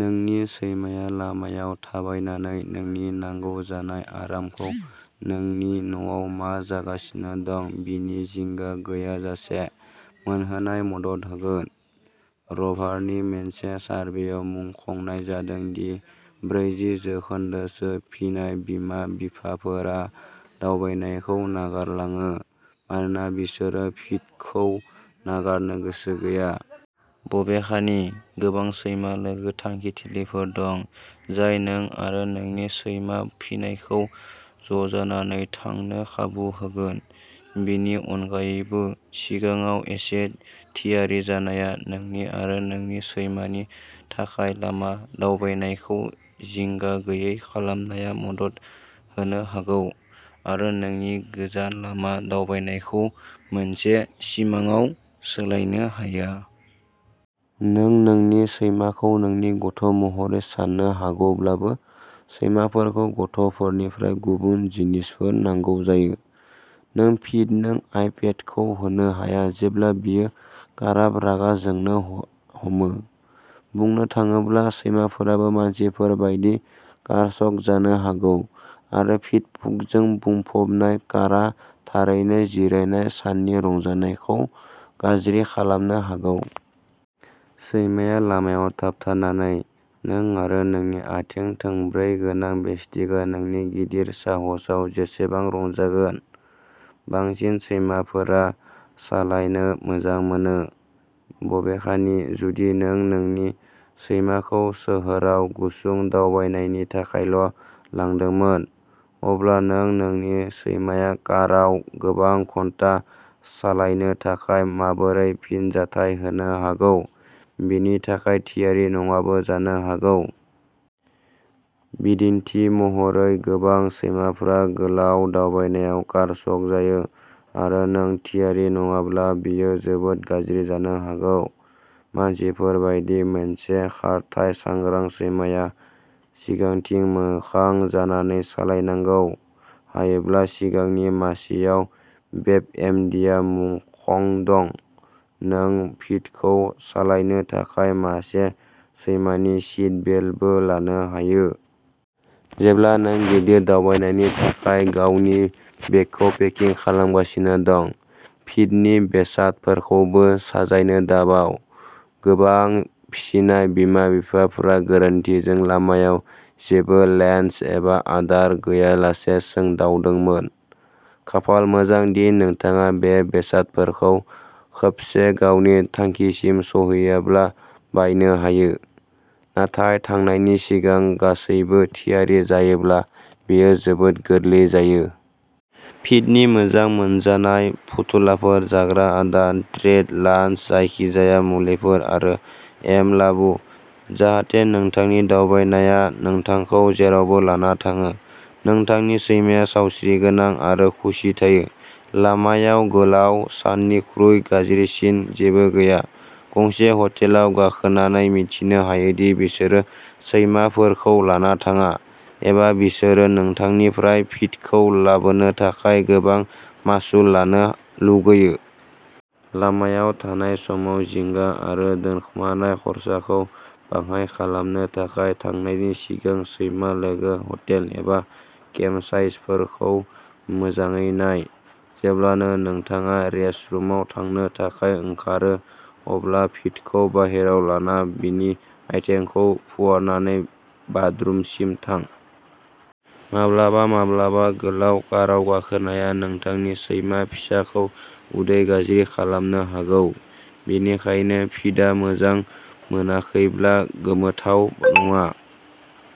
नोंनि सैमाया लामायाव थाबायनानै नोंनि नांगौ जानाय आरामखौ नोंनि न'आव मा जागासिनो दं बेनि जिंगा गैयाजासे मोनहोनाय मदद होगोन। र'भारनि मोनसे सारभेयाव मुंख'नाय जादों दि ब्रैजि जौखोन्दोसो फिनाय बिमा-बिफाफोरा दावबायनायखौ नागारलाङो मानोना बिसोरो फिड'खौ नागारनो गोसो गैया। बबेखानि, गोबां सैमा-लोगो थांखिथिलिफोर दं जाय नों आरो नोंनि सैमा-फिनायखौ ज'जानानै थांनो खाबु होगोन। बेनि अनगायैबो, सिगाङाव एसे थियारि जानाया नोंनि आरो नोंनि सैमानि थाखाय लामा दावबायनायखौ जिंगा गैयै खालामनायाव मदद होनो हागौ, आरो नोंनि गोजोन लामा दावबायनायखौ मोनसे सिमांआव सोलायनो हाया। नों नोंनि सैमाखौ नोंनि गथ' महरै साननो हागौब्लाबो, सैमाफोरखौ गथ' फोरनिफ्राइ गुबुन जिनिसफोर नांगौ जायो। नों फिड'नो आइपेडखौ होनो हाया जेब्ला बियो काराब रागा जोंनो हमो। बुंनो थाङोब्ला, सैमाफोराबो मानसिफोर बायदि कार्सक जानो हागौ, आरो फिड'पुकजों बुंफबनाय कारआ थारैनो जिरायनाय साननि रंजानायखौ गाज्रि खालामनो हागौ। सैमाया लामायाव थाबथानानै, नों आरो नोंनि आथिं थोंब्रै गोनां बेस्टीगा नोंनि गिदिर साहसआव जेसेबां रंजागोन। बांसिन सैमाफोरा सालायनो मोजां मोनो। बबेखानि, जुदि नों नोंनि सैमाखौ सोहोराव गुसुं दावबायनायनि थाखायल' लांदोंमोन, अब्ला नों नोंनि सैमाया कारआव गोबां घन्टा सालायनो थाखाय माबोरै फिनजाथाय होनो हागौ बेनि थाखाय थियारि नङाबो जानो हागौ। बिदिन्थि महरै, गोबां सैमाफोरा गोलाव दावबायनायाव कार्सक जायो। आरो, नों थियारि नङाब्ला, बेयो जोबोद गाज्रि जानो हागौ। मानसिफोर बायदि, मेनसे खारथाइ-सांग्रां सैमाया सिगांथिं मोखां जानानै सालायनांगौ, हायोब्ला सिगांनि मासिआव, वेबएमडीआ मुंख'दों। नों फिड'खौ सालायनो थाखाय मासे सैमानि सिटबेल्टबो लानो हायो। जेब्ला नों गिदिर दावबायनायनि थाखाय गावनि बेगखौ पेकिं खालामगासिनो दं, फिड'नि बेसादफोरखौबो साजायनो दाबाव। गोबां फिसिनाय बिमा-बिफाफोरा गोरोन्थिजों लामाआव जेबो लेनश एबा आदार गैयालासे सोंदावदोंमोन। खाफाल मोजां दि, नोंथाङा बे बेसादफोरखौ खोबसे गावनि थांखिसिम सौहैब्ला बायनो हायो, नाथाय थांनायनि सिगां गासैबो थियारि जायोब्ला बेयो जोबोद गोरलै जायो। फिद'नि मोजां मोनजानाय फुथुलाफोर, जाग्रा आदार, ट्रिट, लानश, जायखिजाया मुलिफोर आरो एम लाब, जाहाथे नोंथांनि दावबायनाया नोंथांखौ जेरावबो लाना थाङो, नोंथांनि सैमाया सावस्रिगोनां आरो खुसि थायो। लामायाव गोलाव साननिख्रुइ गाज्रिसिन जेबो गैया, गंसे हटेलाव गाखोनानै मिथिनो हायो दि बिसोरो सैमाफोरखौ लाना थाङा, एबा बिसोरो नोंथांनिफ्राय फिड'खौ लाबोनो थाखाय गोबां मासुल लानो लुगैयो। लामायाव थानाय समाव जिंगा आरो दोनखोमानाय खरसाखौ बाङाइ खालामनो थाखाय थांनायनि सिगां सैमा-लोगो हटेल एबा केम्पसाइटफोरखौ मोजाङै नाय। जेब्लानो नोंथाङा रेस्टरुमआव थांनो थाखाय ओंखारो, अब्ला फिड'खौ बाहेरायाव लाना बिनि आथिंखौ फुवारनानै बाथरुमसिम थां। माब्लाबा-माब्लाबा, गोलाव कारआव गाखोनाया नोंथांनि सैमा फिसाखौ उदै गाज्रि खालामनो हागौ, बेनिखायनो फिड'आ मोजां मोनाखैब्ला गोमोथाव नङा।